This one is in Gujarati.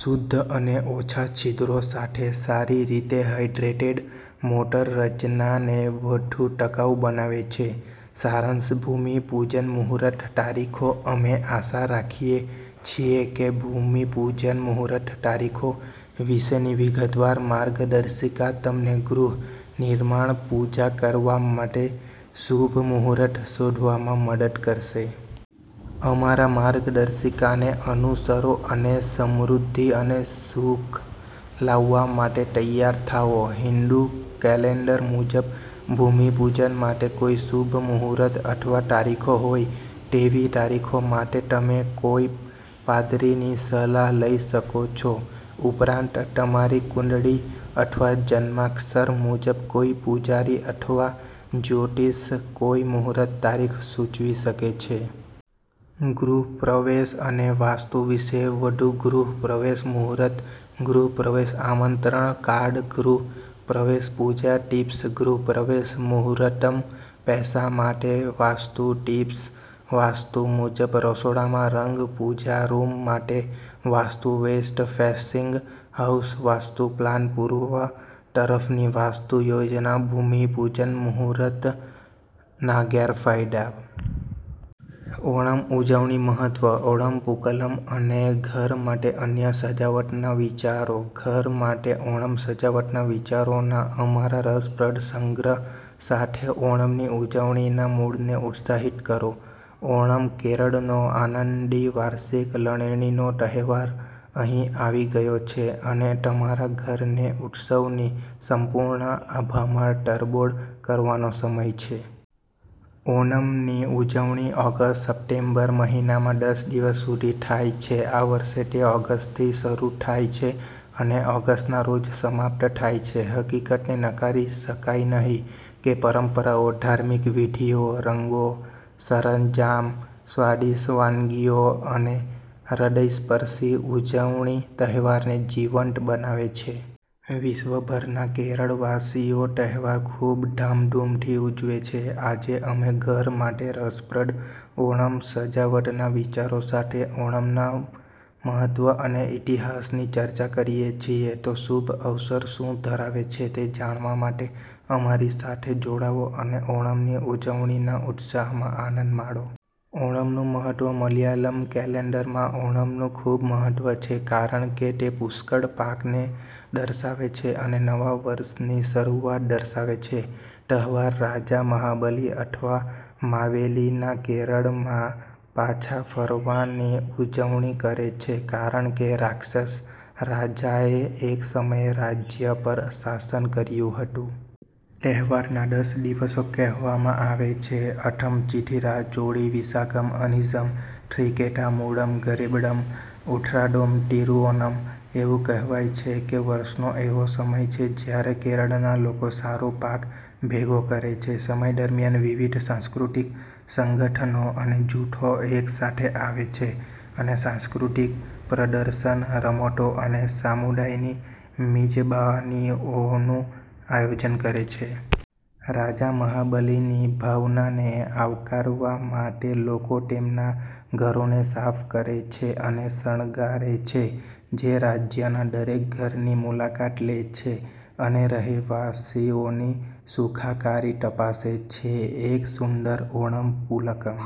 શુદ્ધ અને ઓછા છિદ્રો સાથે સારી રીતે હાઇડ્રેટેડ મોર્ટાર રચનાને વધુ ટકાઉ બનાવે છે. સારાંશભૂમિ પૂજન મુહૂર્ત તારીખો અમે આશા રાખીએ છીએ કે ભૂમિ પૂજન મુહૂર્ત તારીખો વિશેનીવિગતવાર માર્ગદર્શિકા તમને ગૃહ નિર્માણ પૂજા કરવા માટે શુભ મુહૂર્ત શોધવામાં મદદ કરશે. અમારા માર્ગદર્શિકાને અનુસરો અને સમૃદ્ધિ અને સુખ લાવવા માટે તૈયાર થાઓ. હિંદુ કેલેન્ડર મુજબ, ભૂમિપૂજન માટે કોઈ શુભ મુહૂર્ત અથવા તારીખોહોય તેવી તારીખો માટેતમે કોઈ પાદરીની સલાહ લઈ શકો છો. ઉપરાંત, તમારી કુંડળી અથવા જન્માક્ષર મુજબ, કોઈ પૂજારી અથવા જ્યોતિષ કોઈ મુહૂર્ત તારીખ સૂચવી શકે છે. ગૃહ પ્રવેશ અને વાસ્તુ વિશે વધુ ગૃહ પ્રવેશ મુહૂર્ત ગૃહ પ્રવેશ આમંત્રણ કાર્ડ ગૃહ પ્રવેશ પૂજા ટિપ્સ ગૃહપ્રવેશ મુહૂર્તમ પૈસા માટે વાસ્તુ ટિપ્સ વાસ્તુ મુજબ રસોડામાં રંગ પૂજા રૂમ માટે vastu west facing house vastu plan પૂર્વ તરફની વાસ્તુ યોજના ભૂમિ પૂજન મુહૂર્તના ગેરફાયદા+.. ઓણમ ઉજવણી મહત્વ, ઓણમ પૂકલમ અને ઘર માટે અન્ય સજાવટના વિચારો ઘર માટે ઓણમ સજાવટના વિચારોના અમારા રસપ્રદ સંગ્રહ સાથે ઓણમની ઉજવણીના મૂડને ઉત્સાહિત કરો. ઓણમ, કેરળનો આનંદી વાર્ષિક લણણીનો તહેવાર, અહીં આવી ગયો છે, અને તમારા ઘરને ઉત્સવની સંપૂર્ણ આભામાં તરબોળ કરવાનોસમય છે. ઓનમની ઉજવણી ઓગસ્ટ-સપ્ટેમ્બર મહિનામાં દસ દિવસ સુધી થાય છેઆ વર્ષે, તે ઓગસ્ટથી શરૂ થાય છે અને ઓગસ્ટના રોજ સમાપ્ત થાય છે. હકીકતને નકારી શકાય નહીં કે પરંપરાઓ, ધાર્મિક વિધિઓ, રંગો, સરંજામ, સ્વાદિષ્ટ વાનગીઓ અને હ્રદયસ્પર્શી ઉજવણી તહેવારને જીવંત બનાવે છે. વિશ્વભરના કેરળવાસીઓતહેવાર ખૂબધામધૂમથી ઉજવે છે. આજે, અમે ઘર માટે રસપ્રદ ઓણમ સજાવટના વિચારો સાથે ઓણમના મહત્વ અને ઇતિહાસની ચર્ચા કરીએ છીએ. તોશુભ અવસર શું ધરાવે છે તે જાણવા માટે અમારી સાથે જોડાઓ અને ઓણમની ઉજવણીના ઉત્સાહમાં આનંદ માણો. ઓણમનું મહત્વ મલયાલમ કેલેન્ડરમાં ઓણમનું ખૂબ મહત્વ છે કારણ કે તે પુષ્કળ પાકને દર્શાવે છે અને નવા વર્ષની શરૂઆત દર્શાવે છે. તહેવાર રાજા મહાબલી અથવા માવેલીના કેરળમાં પાછા ફરવાની ઉજવણી કરે છે કારણ કે રાક્ષસ રાજાએ એક સમયે રાજ્ય પર શાસન કર્યું હતું. તહેવારના દસ દિવસો કહેવામાં આવે છેઅથમ ચિથિરા ચોળી વિશાકમ અનીઝમ થ્રીકેટા મૂળમ ગરીબડમ ઉથરાડોમ તિરુઓનમ એવું કહેવાય છે કેવર્ષનો એવો સમય છે જ્યારે કેરળના લોકો સારો પાક ભેગો કરે છે. સમય દરમિયાન વિવિધ સાંસ્કૃતિક સંગઠનો અને જૂથો એકસાથે આવે છે અને સાંસ્કૃતિક પ્રદર્શન, રમતો અને સમુદાયની મિજબાનીઓનું આયોજન કરે છે. રાજા મહાબલિની ભાવનાને આવકારવા માટે લોકો તેમના ઘરોને સાફ કરે છે અને શણગારે છે, જે રાજ્યના દરેક ઘરની મુલાકાત લે છે અને રહેવાસીઓની સુખાકારી તપાસે છે. એક સુંદર ઓણમ પૂકલમ